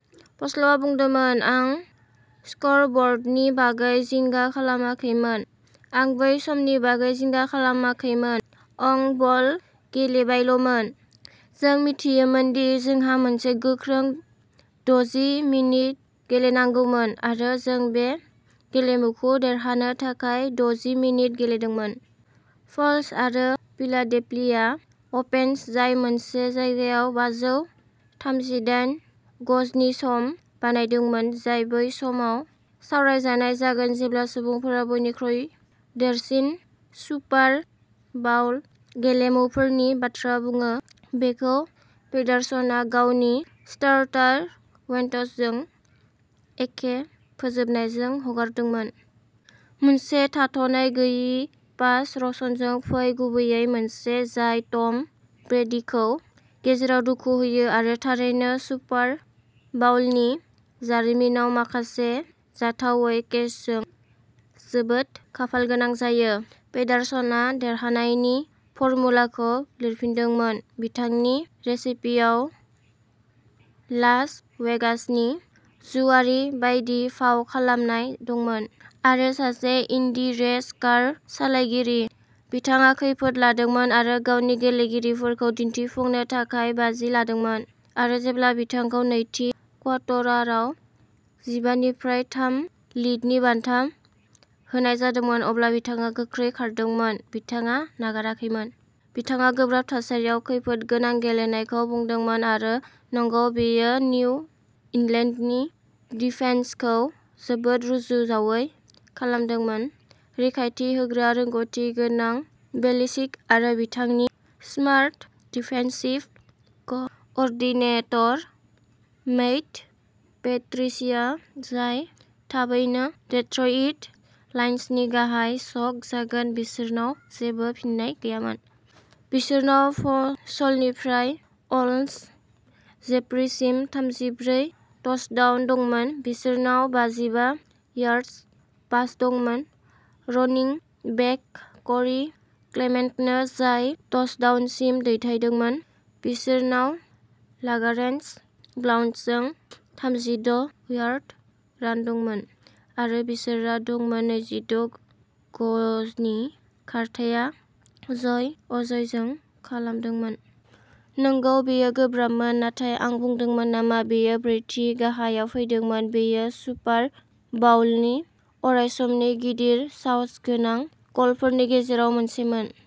फ'ल्सआ बुंदोंमोन, "आं स्क'र ब'र्डनि बागै जिंगा खालामाखैमोन। आं बै समनि बागै जिंगा खालामाखैमोन। आं बल गेलेबायल'मोन। जों मिथियोमोन दि जोंहा मोनसे गोख्रों द'जि मिनिट गेलेनांगौमोन आरो जों बे गेलेमुखौ देरहानो थाखाय द'जि मिनिट गेलेदोंमोन। फ'ल्स आरो फिलाडेल्फिया अफेन्स जाय मोनसे गेलेनायाव बाजौ थामजिदाइन गजनि सम बानायदोंमोन, जाय बै समाव सावरायजानाय जागोन जेब्ला सुबुंफोरा बयनिख्रुइ देरसिन सुपार बाउल गेलेमुफोरनि बाथ्रा बुङो, बेखौ पेडारसनआ गावनि स्टार्टार वेन्टजजों एखे फोजोबनायजों हगारदोंमोन। मोनसे थाथ'नाय गैयै पास रशनजों फै गुबैयै। मोनसे जाय टम ब्रेडीखौ गेजेराव दुखु होयो आरो थारैनो सुपार बाउलनि जारिमिनाव माखासे जाथावै केचजों जोबोद खाफालगोनां जायो। पेडारसनआ देरहानायनि फर्मुलाखौ लिरफिनदोंमोन। बिथांनि रेसिपियाव लास वेगासनि जुआरी बायदि फाव खालामनाय दंमोन। आरो सासे इन्डी रेस कार सालायगिरि। बिथाङा खैफोद लादोंमोन आरो गावनि गेलेगिरिफोरखौ दिन्थिफुंनो थाखाय बाजि लादोंमोन। आरो जेब्ला बिथांखौ नैथि क्वार्टाराव जिबा निफ्राय थाम लिडनि बान्था होनाय जादोंमोन, अब्ला बिथाङा गोख्रै खारदोंमोन। बिथाङा नागाराखैमोन। बिथाङा गोब्राब थासारियाव खैफोद गोनां गेलेनायखौ बुंदोंमोन आरो नंगौ, बेयो निउ इंलेन्डनि डिफेन्सखौ जोबोद रुजुजावयै खालामदोंमोन। रैखाथि होग्रा रोंग'थि गोनां बेलिचिक आरो बिथांनि smart defensive coordinator Matt Patricia, जाय थाबैनो डेट्रइट लायन्सनि गाहाय सक जागोन, बिसोरनाव जेबो फिननाय गैयामोन। बिसोरनाव फलसनिफ्राय अल्सन जेफ्रीसिम थामजिब्रै टचडाउन दंमोन। बिसोरनाव बाजिबा यार्ड पास दंमोन रनिं बेक क'री क्लेमेन्टनो जाय टचडाउनसिम दैदेनदोंमोन। बिसोरनाव लागारेट ब्लाउन्टजों थामजिद' यार्ड रान दंमोन। आरो बिसोरहा दंमोन नैजिद' गजनि खारथाइया जय अजयजों खालामजादोंमोन। नंगौ, बेयो गोब्राबमोन। नाथाय आं बुंदोंमोन नामा बेयो ब्रैथि गाहायआव फैदोंमोन। बेयो सुपार बाउलनि अरायसमनि गिदिर साहसगोनां कलफोरनि गेजेराव मोनसेमोन।